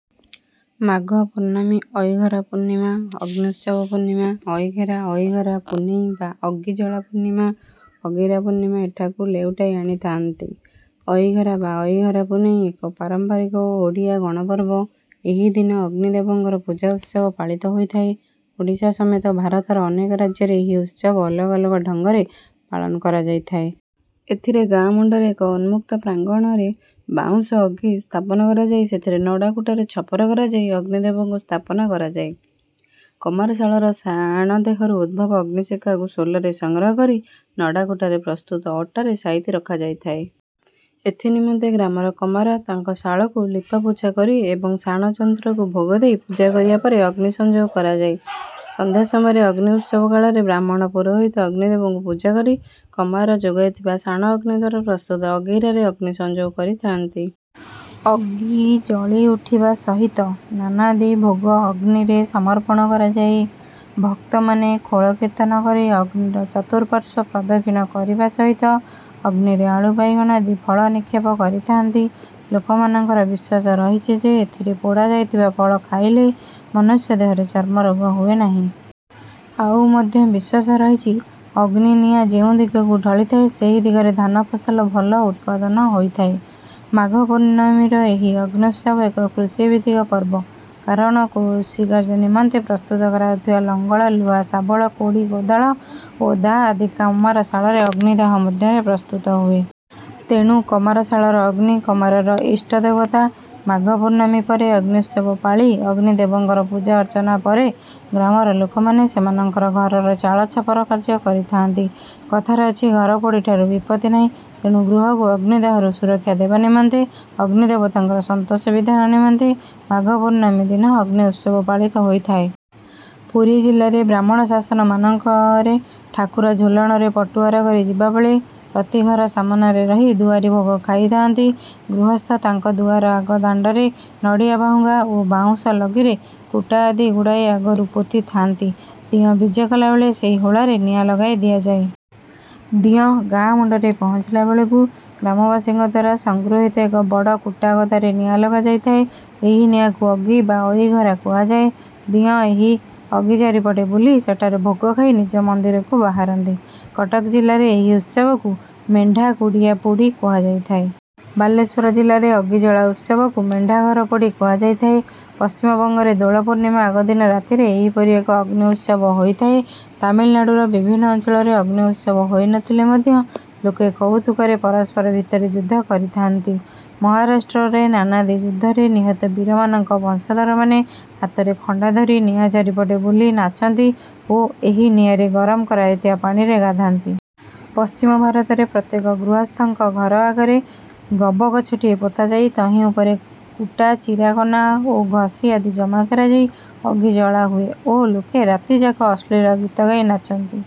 ମାଘ ପୂର୍ଣ୍ଣମୀ ଅଇଘରା ପୂର୍ଣ୍ଣିମା ଅଗ୍ନ୍ୟୁତ୍ସବ ପୂର୍ଣ୍ଣିମା ଅଇଘେରା ଅଇଘରା ପୁନେଇଁ ବା ଅଗିଜଳା ପୂର୍ଣ୍ଣିମା ଅଗିରା ପୂର୍ଣ୍ଣମୀ ଏଠାକୁ ଲେଉଟାଇ ଆଣିଥାନ୍ତି। ଅଇଘରା ବା ଅଇଘରା ପୁନେଇଁ ଏକ ପାରମ୍ପାରିକ ଓଡ଼ିଆ ଗଣପର୍ବ। ଏହି ଦିନ ଅଗ୍ନିଦେବଙ୍କର ପୂଜା ଉତ୍ସବ ପାଳିତ ହୋଇଥାଏ। ଓଡ଼ିଶା ସମେତ ଭାରତର ଅନେକ ରାଜ୍ୟରେ ଏହି ଉତ୍ସବ ଅଲଗା ଅଲଗା ଢଙ୍ଗରେ ପାଳନ କରାଯାଇଥାଏ। ଏଥିରେ ଗାଁ ମୁଣ୍ଡରେ ଏକ ଉନ୍ମୁକ୍ତ ପ୍ରାଙ୍ଗଣରେ ବାଉଁଶ ଅଗି ସ୍ଥାପନ କରାଯାଇ ସେଥିରେ ନଡ଼ା କୁଟାରେ ଛପର କରାଯାଇ ଅଗ୍ନି ଦେବଙ୍କୁ ସ୍ଥାପନ କରାଯାଏ। କମାରଶାଳର ଶାଣ ଦେହରୁ ଉଦ୍ଭବ ଅଗ୍ନିଶିଖାକୁ ଶୋଲରେ ସଂଗ୍ରହ କରି ନଡ଼ା କୁଟାରେ ପ୍ରସ୍ତୁତ ଅଟାରେ ସାଇତି ରଖାଯାଇଥାଏ। ଏଥି ନିମନ୍ତେ ଗ୍ରାମର କମାର ତାଙ୍କ ଶାଳକୁ ଲିପା ପୋଛା କରି ଏବଂ ଶାଣ ଯନ୍ତ୍ରକୁ ଭୋଗ ଦେଇ ପୂଜା କରିବା ପରେ ଅଗ୍ନି ସଂଗ୍ରହ କରାଯାଏ। ସନ୍ଧ୍ୟା ସମୟରେ ଅଗ୍ନି ଉତ୍ସବ କାଳରେ ବ୍ରାହ୍ମଣ ପୁରୋହିତ ଅଗ୍ନିଦେବଙ୍କୁ ପୂଜା କରି କମାର ଯୋଗାଇଥିବା ଶାଣ ଅଗ୍ନିଦ୍ୱାରା ପ୍ରସ୍ତୁତ ଅଗିରାରେ ଅଗ୍ନି ସଂଯୋଗ କରିଥାଆନ୍ତି। ଅଗି ଜଳି ଉଠିବା ସହିତ ନାନାଦି ଭୋଗ ଅଗ୍ନିରେ ସମର୍ପଣ କରାଯାଏ। ଭକ୍ତମାନେ ଖୋଳ କୀର୍ତ୍ତନ କରି ଅଗ୍ନିର ଚତୁଃପାର୍ଶ୍ୱ ପ୍ରଦକ୍ଷିଣ କରିବା ସହିତ ଅଗ୍ନିରେ ଆଳୁ ବାଇଗଣ ଆଦି ଫଳ ନିକ୍ଷେପ କରିଥାଆନ୍ତି। ଲୋକମାନଙ୍କର ବିଶ୍ୱାସ ରହିଛି ଯେ ଏଥିରେ ପୋଡ଼ା ଯାଇଥିବା ଫଳ ଖାଇଲେ ମନୁଷ୍ୟ ଦେହରେ ଚର୍ମରୋଗ ହୁଏ ନାହିଁ। ଆଉ ମଧ୍ୟ ବିଶ୍ୱାସ ରହିଛି ଅଗ୍ନି ନିଆଁ ଯେଉଁ ଦିଗକୁ ଢଳିଥାଏ ସେହି ଦିଗରେ ଧାନ ଫସଲ ଭଲ ଉତ୍ପାଦନ ହୋଇଥାଏ। ମାଘ ପୂର୍ଣ୍ଣମୀର ଏହି ଅଗ୍ନ୍ୟୁତ୍ସବ ଏକ କୃଷିଭିତ୍ତିକ ପର୍ବ। କାରଣ କୃଷି କାର୍ଯ୍ୟ ନିମନ୍ତେ ପ୍ରସ୍ତୁତ କରାଯାଉଥିବା ଲଙ୍ଗଳ ଲୁହା ଶାବଳ କୋଡ଼ି କୋଦାଳ ଓ ଦାଆ ଆଦି କମାର ଶାଳରେ ଅଗ୍ନିଦାହ ମଧ୍ୟରେ ପ୍ରସ୍ତୁତ ହୁଏ। ତେଣୁ କମାର ଶାଳର ଅଗ୍ନି କମାରର ଇଷ୍ଟ ଦେବତା। ମାଘ ପୂର୍ଣ୍ଣମୀ ପରେ ଅଗ୍ନ୍ୟୁତ୍ସବ ପାଳି ଅଗ୍ନି ଦେବଙ୍କର ପୂଜା ଅର୍ଚ୍ଚନା ପରେ ଗ୍ରାମର ଲୋକମାନେ ସେମାନଙ୍କର ଘରର ଚାଳ ଛପର କାର୍ଯ୍ୟ କରିଥାଆନ୍ତି। କଥାରେ ଅଛି ଘର ପୋଡ଼ିଠାରୁ ବିପତ୍ତି ନାହିଁ। ତେଣୁ ଗୃହକୁ ଅଗ୍ନିଦାହରୁ ସୁରକ୍ଷା ଦେବା ନିମନ୍ତେ ଅଗ୍ନି ଦେବତାଙ୍କର ସନ୍ତୋଷ ବିଧାନ ନିମନ୍ତେ ମାଘ ପୂର୍ଣ୍ଣମୀ ଦିନ ଅଗ୍ନି ଉତ୍ସବ ପାଳିତ ହୋଇଥାଏ। ପୁରୀ ଜିଲ୍ଲାରେ ବ୍ରାହ୍ମଣ ଶାସନମାନଙ୍କରେ ଠାକୁର ଝୁଲଣରେ ପଟୁଆର କରି ଯିବାବେଳେ ପ୍ରତି ଘର ସାମନାରେ ରହି ଦୁଆରି ଭୋଗ ଖାଇଥାନ୍ତି। ଗୃହସ୍ଥ ତାଙ୍କ ଦୁଆର ଆଗ ଦାଣ୍ଡରେ ନଡ଼ିଆ ବାହୁଙ୍ଗା ଓ ବାଉଁଶ ଲଗିରେ କୁଟା ଆଦି ଗୁଡ଼ାଇ ଆଗରୁ ପୋତି ଥାନ୍ତି। ଦିଅଁ ବିଜେ କଲାବେଳେ ସେହି ହୁଳାରେ ନିଆଁ ଲଗାଇ ଦିଆଯାଏ। ଦିଅଁ ଗାଁ ମୁଣ୍ଡରେ ପହଞ୍ଚିଲା ବେଳକୁ ଗ୍ରାମବାସୀଙ୍କ ଦ୍ୱାରା ସଂଗୃହିତ ଏକ ବଡ଼ କୁଟାଗଦାରେ ନିଆଁ ଲଗାଯାଇଥାଏ। ଏହି ନିଆଁକୁ ଅଗି ବା ଅଇଘରା କୁହାଯାଏ। ଦିଅଁ ଏହି ଅଗି ଚାରିପଟେ ବୁଲି ସେଠାରେ ଭୋଗ ଖାଇ ନିଜ ମନ୍ଦିରକୁ ବାହାରନ୍ତି। କଟକ ଜିଲ୍ଲାରେ ଏହି ଉତ୍ସବକୁ ମେଣ୍ଢାକୁଡ଼ିଆ ପୋଡ଼ି କୁହାଯାଇଥାଏ। ବାଲେଶ୍ୱର ଜିଲ୍ଲାରେ ଅଗିଜଳା ଉତ୍ସବକୁ ମେଣ୍ଢାଘର ପୋଡ଼ି କୁହାଯାଇଥାଏ। ପଶ୍ଚିମବଙ୍ଗରେ ଦୋଳ ପୂର୍ଣ୍ଣିମା ଆଗ ଦିନ ରାତିରେ ଏହି ପରି ଏକ ଅଗ୍ନି ଉତ୍ସବ ହୋଇଥାଏ। ତାମିଲନାଡୁର ବିଭିନ୍ନ ଅଞ୍ଚଳରେ ଅଗ୍ନି ଉତ୍ସବ ହୋଇନଥିଲେ ମଧ୍ୟ ଲୋକେ କଉତୁକରେ ପରସ୍ପର ଭିତରେ ଯୁଦ୍ଧ କରିଥାନ୍ତି। ମହାରାଷ୍ଟ୍ରରେ ନାନାଦି ଯୁଦ୍ଧରେ ନିହତ ବୀରମାନଙ୍କ ବଂଶଧରମାନେ ହାତରେ ଖଣ୍ଡା ଧରି ନିଆଁ ଚାରିପଟେ ବୁଲି ନାଚନ୍ତି ଓ ଏହି ନିଆଁରେ ଗରମ କରାଯାଇଥିବା ପାଣିରେ ଗାଧାନ୍ତି। ପଶ୍ଚିମ ଭାରତରେ ପ୍ରତ୍ୟେକ ଗୃହସ୍ଥଙ୍କ ଘର ଆଗରେ ଗବଗଛଟିଏ ପୋତାଯାଇ ତହିଁ ଉପରେ କୁଟା ଚିରାକନା ଓ ଘଷି ଆଦି ଜମା କରାଯାଇ ଅଗି ଜଳା ହୁଏ ଓ ଲୋକେ ରାତିଯାକ ଅଶ୍ଳୀଳ ଗୀତ ଗାଇ ନାଚନ୍ତି।